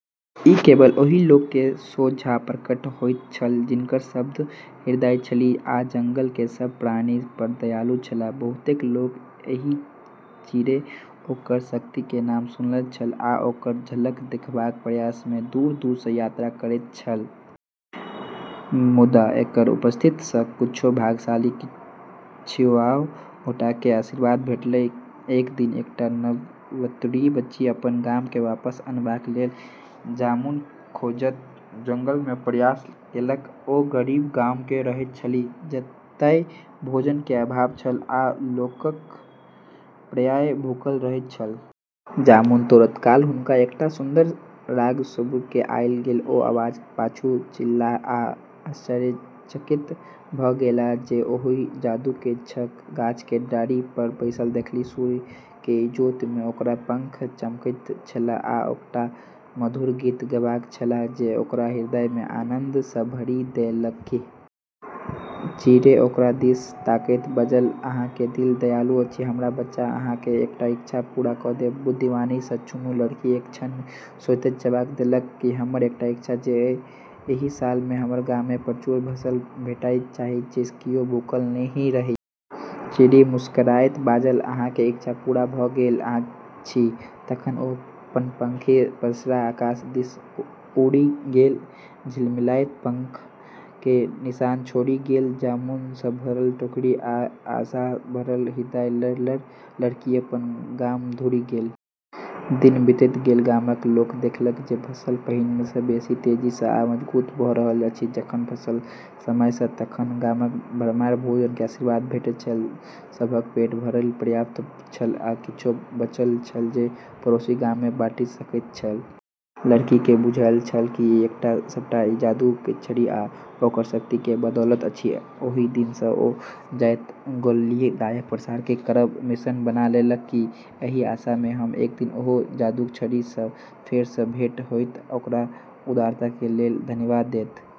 ई केवल ओहि लोक के सोझाँ प्रकट होइत छल जिनकर शुद्ध हृदय छलनि आ जंगल के सभ प्राणी पर दयालु छलाह। बहुतो लोक एहि चिड़ै आ ओकर शक्ति के नाम सुनने छल, आ ओकर झलक देखबाक प्रयास मे दूर-दूर सँ यात्रा करैत छल। मुदा, एकर उपस्थिति सँ किछु भाग्यशाली किछुए गोटे कए आशीर्वाद भेटल। एक दिन एकटा नवतुरिया बच्ची अपन गाम वापस अनबाक लेल जामुन खोजैत जंगल मे प्रवेश केलक। ओ गरीब गाम मे रहैत छलीह, जतय भोजन के अभाव छल, आ लोक प्रायः भूखल रहैत छल। जामुन तोड़ैत काल हुनका एकटा सुन्दर राग सुनबा मे आयल। ओ आवाज के पाछू-पाछू चललीह, आ आश्चर्यचकित भ' गेलीह जे ओहि जादुई चिड़ै केँ गाछ के डारि पर बैसल देखलनि। सूर्य के इजोत मे ओकर पंख चमकैत छलैक, आ एकटा मधुर गीत गबैत छलैक जे ओकर हृदय केँ आनन्द सँ भरि देलकैक। चिड़ै ओकरा दिस तकैत बाजल, "अहाँक दिल दयालु अछि हमर बच्चा। हम अहाँक एकटा इच्छा पूरा क' देब। बुद्धिमानी सँ चुनू।" लड़की एक क्षण सोचैत जवाब देलक, "हमर इच्छा अछि जे एहि साल हमर गाम मे प्रचुर फसल भेटय जाहि सँ कियो भूखल नहि रहय।" चिड़ै मुस्कुराइत बाजल, "अहाँक इच्छा पूरा भ' गेल अछि।" तखन ओ अपन पाँखि पसारि आकाश दिस उड़ि गेल आ झिलमिलाइत पंख के निशान छोड़ि गेल। जामुन सँ भरल टोकरी आ आशा सँ भरल हृदय लऽ कऽ लड़की अपन गाम घुरि गेल। दिन बीतैत गेल, गामक लोक देखल जे फसल पहिने सँ बेसी तेजी सँ आ मजबूत भऽ रहल अछि। जखन फसल के समय भेल तखन गामक भरमार भोजन के आशीर्वाद भेटैत छलैक। सबहक पेट भरय लेल पर्याप्त छल, आ किछु बचल छल जे पड़ोसी गाम मे बाँटि सकैत छल। लड़की के बुझल छल जे ई सबटा जादुई चिड़ै आ ओकर शक्ति के बदौलत अछि। ओहि दिन सँ ओ जतय गेलीह दयाक प्रसार करब अपन मिशन बना लेलनि, एहि आशा मे जे एक दिन ओहि जादुई चिड़ै सँ फेर सँ भेंट होयत आ ओकर उदारता के लेल धन्यवाद देत।